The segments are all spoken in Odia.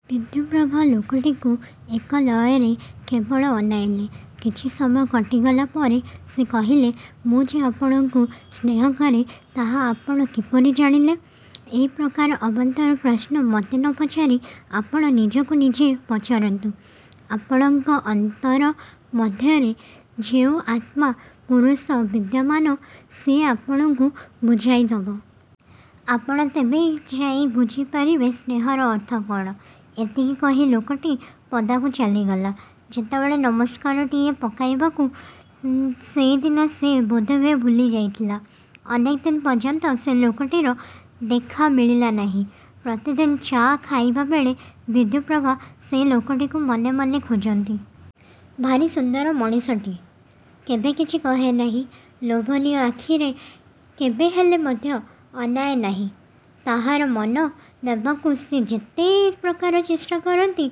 '' ବିଦ୍ୟୁପ୍ରଭା ଲୋକଟିକୁ ଏକ ଲୟରେ କେବଳ ଅନାଇଲେ। କିଛି ସମୟ କଟିଗଲା ପରେ ସେ କହିଲେ, ''ମୁଁ ଯେ ଆପଣଙ୍କୁ ସ୍ନେହକରେ ତାହା ଆପଣ କିପରି ଜାଣିଲେ? '' ''ଏପ୍ରକାର ଅବାନ୍ତର ପ୍ରଶ୍ନ ମୋତେ ନ ପଚାରି ଆପଣ ନିଜକୁ ନିଜେ ପଚାରନ୍ତୁ। ଆପଣଙ୍କ ଅନ୍ତର ମଧ୍ୟରେ ଯେଉଁ ଆତ୍ମା ପୁରୁଷ ବିଦ୍ୟମାନ ସେ ଆପଣଙ୍କୁ ବୁଝାଇ ଦେବ। ଆପଣ ତେବେ ଯାଇ ବୁଝିପାରିବେ ସ୍ନେହର ଅର୍ଥ କ'ଣ? '' ଏତିକି କହି ଲୋକଟି ପଦାକୁ ଚାଲିଗଲା। ଯିବାବେଳେ ନମସ୍କାରଟିଏ ପକାଇବାକୁ ସେଦିନ ସେ ବୋଧହୁଏ ଭୁଲି ଯାଇଥିଲା। ଅନେକ ଦିନ ପର୍ଯ୍ୟନ୍ତ ସେ ଲୋକଟିର ଦେଖା ମିଳିଲା ନାହିଁ। ପ୍ରତିଦିନ ଚା' ଖାଇଲାବେଳେ ବିଦ୍ୟୁପ୍ରଭା ସେହି ଲୋକଟିକୁ ମନେମନେ ଖୋଜନ୍ତି। ଭାରି ସୁନ୍ଦର ମଣିଷଟି। କେବେ କିଛି କହେନାହିଁ। ଲୋଭନୀୟ ଆଖିରେ କେବେହେଲେ ମଧ୍ୟ ଅନାଏ ନାହିଁ। ତାହାର ମନ ନେବାକୁ ସେ ଯେତେପ୍ରକାର ଚେଷ୍ଟା କରନ୍ତି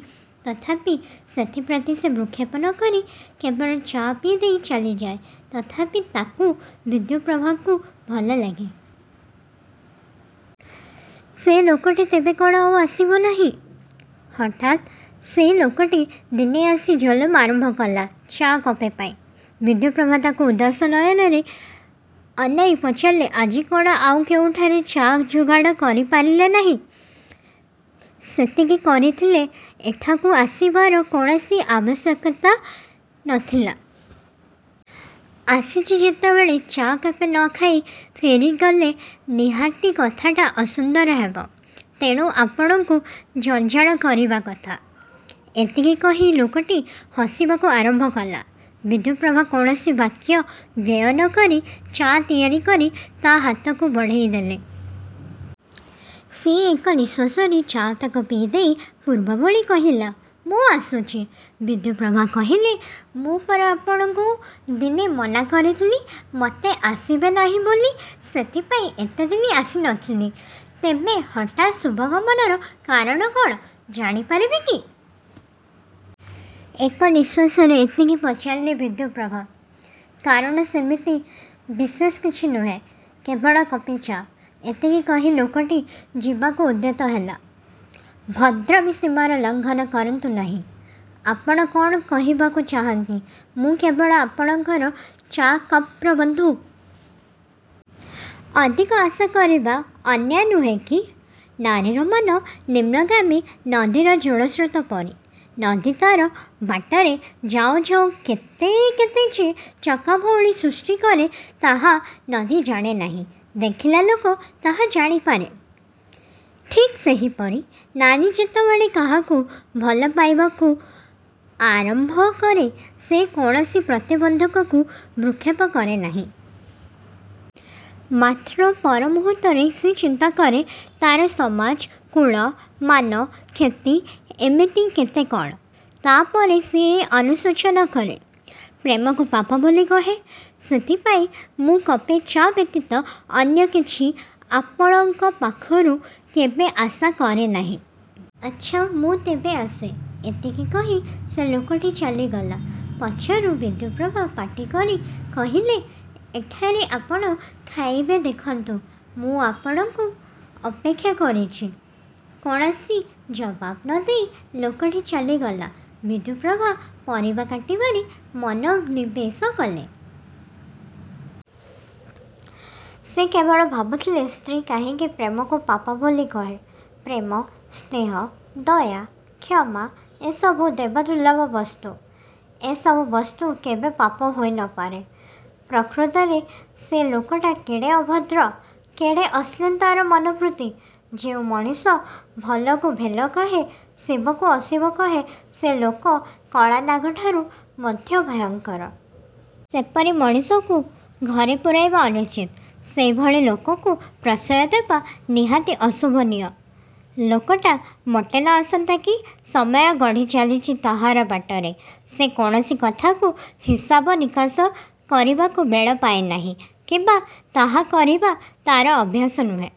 ତଥାପି ସେଥିପ୍ରତି ସେ ଭ୍ରୂକ୍ଷେପ ନ କରି କେବଳ ଚା' ପିଇଦେଇ ଚାଲିଯାଏ। ତଥାପି ତାକୁ ବିଦ୍ୟୁପ୍ରଭାକୁ ଭଲଲାଗେ। ସେ ଲୋକଟି ତେବେ କ'ଣ ଆଉ ଆସିବ ନାହିଁ? ହଠାତ୍ ସେହି ଲୋକଟି ଦିନେ ଆସି ଜଲୁମ ଆରମ୍ଭ କଲା ଚା' କପେ ପାଇଁ। ବିଦ୍ୟୁପ୍ରଭା ତାକୁ ଉଦାସ ନୟନରେ ଅନାଇ ପଚାରିଲେ, ''ଆଜି କ'ଣ ଆଉ କେଉଁଠାରେ ଚା' ଯୋଗାଡ଼ କରିପାରିଲେ ନାହିଁ? '' ''ସେତିକି କରିପାରିଥିଲେ ଏଠାକୁ ଆସିବାର କୌଣସି ଆବଶ୍ୟକତା ନ ଥିଲା। ଆସିଛି ଯେତେବେଳେ ଚା' କପେ ନ ଖାଇ ଫେରିଗଲେ ନିହାତି କଥାଟା ଅସୁନ୍ଦର ହେବ। ତେଣୁ ଆପଣଙ୍କୁ ଜଞ୍ଜାଳ କରିବା କଥା। '' ଏତିକି କହି ଲୋକଟି ହସିବାକୁ ଆରମ୍ଭ କଲା। ବିଦ୍ୟୁପ୍ରଭା କୌଣସି ବାକ୍ୟ ବ୍ୟୟ ନ କରି ଚା' ତିଆରି କରି ତା' ହାତକୁ ବଢ଼ାଇ ଦେଲେ। ସେ ଏକ ନିଶ୍ୱାସରେ ଚା' ତକ ପିଇଦେଇ ପୂର୍ବ ଭଳି କହିଲା, ''ମୁଁ ଆସୁଛି। '' ବିଦ୍ୟୁପ୍ରଭା କହିଲେ, ''ମୁଁ ପରା ଆପଣଙ୍କୁ ଦିନେ ମନାକରିଥିଲି ମୋଟେ ଆସିବେ ନାହିଁ ବୋଲି। '' ''ସେଥିପାଇଁ ଏତେଦିନ ଆସିନଥିଲି। '' ''ତେବେ ହଠାତ୍ ଶୁଭାଗମନର କାରଣ କ'ଣ ଜାଣିପାରେକି? '' ଏକ ନିଶ୍ୱାସରେ ଏତିକି ପଚାରିଲେ ବିଦ୍ୟୁପ୍ରଭା। ''କାରଣ ସେମିତି ବିଶେଷ କିଛି ନୁହେଁ। କେବଳ କପେ ଚା'। '' ଏତିକି କହି ଲୋକଟି ଯିବାକୁ ଉଦ୍ୟତ ହେଲା। ''ଭଦ୍ରାମିର ସୀମା ଲଙ୍ଘନ କରନ୍ତୁ ନାହିଁ। ଆପଣ କ'ଣ କହିବାକୁ ଚାହାଁନ୍ତି ମୁଁ କେବଳ ଆପଣଙ୍କର ଚା' କପ୍କର ବନ୍ଧୁ? '' ''ଅଧିକ ଆଶା କରିବା ଅନ୍ୟାୟ ନୁହେଁ କି? ନାରୀର ମନ ନିମ୍ନଗାମୀ ନଦୀର ଜଳସ୍ରୋତ ପରି। ନଦୀ ତା'ର ବାଟରେ ଯାଉଁ ଯାଉଁ କେତେ କେତେ ଯେ ଚକାଭଉଁରୀ ସୃଷ୍ଟିକରେ ତାହା ନଦୀ ଜାଣେନାହିଁ। ଦେଖିଲା ଲୋକ ତାହା ଜାଣିପାରେ। ଠିକ୍ ସେହିପରି ନାରୀ ଯେତେବେଳେ କାହାକୁ ଭଲ ପାଇବାକୁ ଆରମ୍ଭ କରେ ସେ କୌଣସି ପ୍ରତିବନ୍ଧକକୁ ଭ୍ରୂକ୍ଷେପ କରେନାହିଁ। ମାତ୍ର ପରମୁହୂର୍ତ୍ତରେ ସେ ଚିନ୍ତା କରେ ତା'ର ସମାଜ, କୁଳ, ମାନ, ଖ୍ୟାତି, ଏମିତି କେତେ କ'ଣ। ତା'ପରେ ସେ ଅନୁଶୋଚନା କରେ। ପ୍ରେମକୁ ପାପ ବୋଲି କହେ। ସେଥିପାଇଁ ମୁଁ କପେ ଚା' ବ୍ୟତୀତ ଅନ୍ୟ କିଛି ଆପଣଙ୍କ ପାଖରୁ କେବେ ଆଶା କରେନାହିଁ। ଆଚ୍ଛା ମୁଁ ତେବେ ଆସେ। '' ଏତିକି କହି ସେ ଲୋକଟି ଚାଲିଗଲା। ପଛରୁ ବିଦ୍ୟୁପ୍ରଭା ପାଟିକରି କହିଲେ, ''ଏଠାରେ ଆପଣ ଖାଇବେ ଦେଖନ୍ତୁ ମୁଁ ଆପଣଙ୍କୁ ଅପେକ୍ଷା କରିଛି। '' କୌଣସି ଜବାବ୍ ନ ଦେଇ ଲୋକଟି ଚାଲିଗଲା। ବିଦ୍ୟୁପ୍ରଭା ପରିବା କାଟିବାରେ ମନ ନିବେଶ କଲେ। ସେ କେବଳ ଭାବୁଥିଲେ ସ୍ତ୍ରୀ କାହିଁକି ପ୍ରେମକୁ ପାପ ବୋଲି କହେ? ପ୍ରେମ, ସ୍ନେହ, ଦୟା, କ୍ଷମା ଏସବୁ ଦେବଦୁର୍ଲ୍ଲଭ ବସ୍ତୁ। ଏ ସବୁ ବସ୍ତୁ କେବେ ପାପ ହୋଇନପାରେ। ପ୍ରକୃତରେ ସେ ଲୋକଟା କେଡ଼େ ଅଭଦ୍ର। କେଡ଼େ ଅଶ୍ଳୀଳ ତା'ର ମନବୃତ୍ତି। ଯେଉଁ ମଣିଷ ଭଲକୁ ଭେଲ କହେ, ଶିବକୁ ଅଶିବ କହେ ସେହି ଲୋକ କଳାନାଗଠାରୁ ମଧ୍ୟ ଭୟଙ୍କର। ସେପରି ମଣିଷକୁ ଘରେ ପୂରାଇବା ଅନୁଚିତ୍। ସେହିଭଳି ଲୋକକୁ ପ୍ରଶ୍ରୟ ଦେବା ନିହାତି ଅଶୋଭନୀୟ। ଲୋକଟା ମୋଟ ନ ଆସନ୍ତା କି। ସମୟ ଗଡ଼ିଚାଲିଛି। ତାହାର ବାଟରେ। ସେ କୌଣସି କଥାକୁ ହିସାବ ନିକାଶ କରିବାକୁ ବେଳ ପାଏ ନାହିଁ କିମ୍ବା ତାହା କରିବା ତା'ର ଅଭ୍ୟାସ ନୁହେଁ।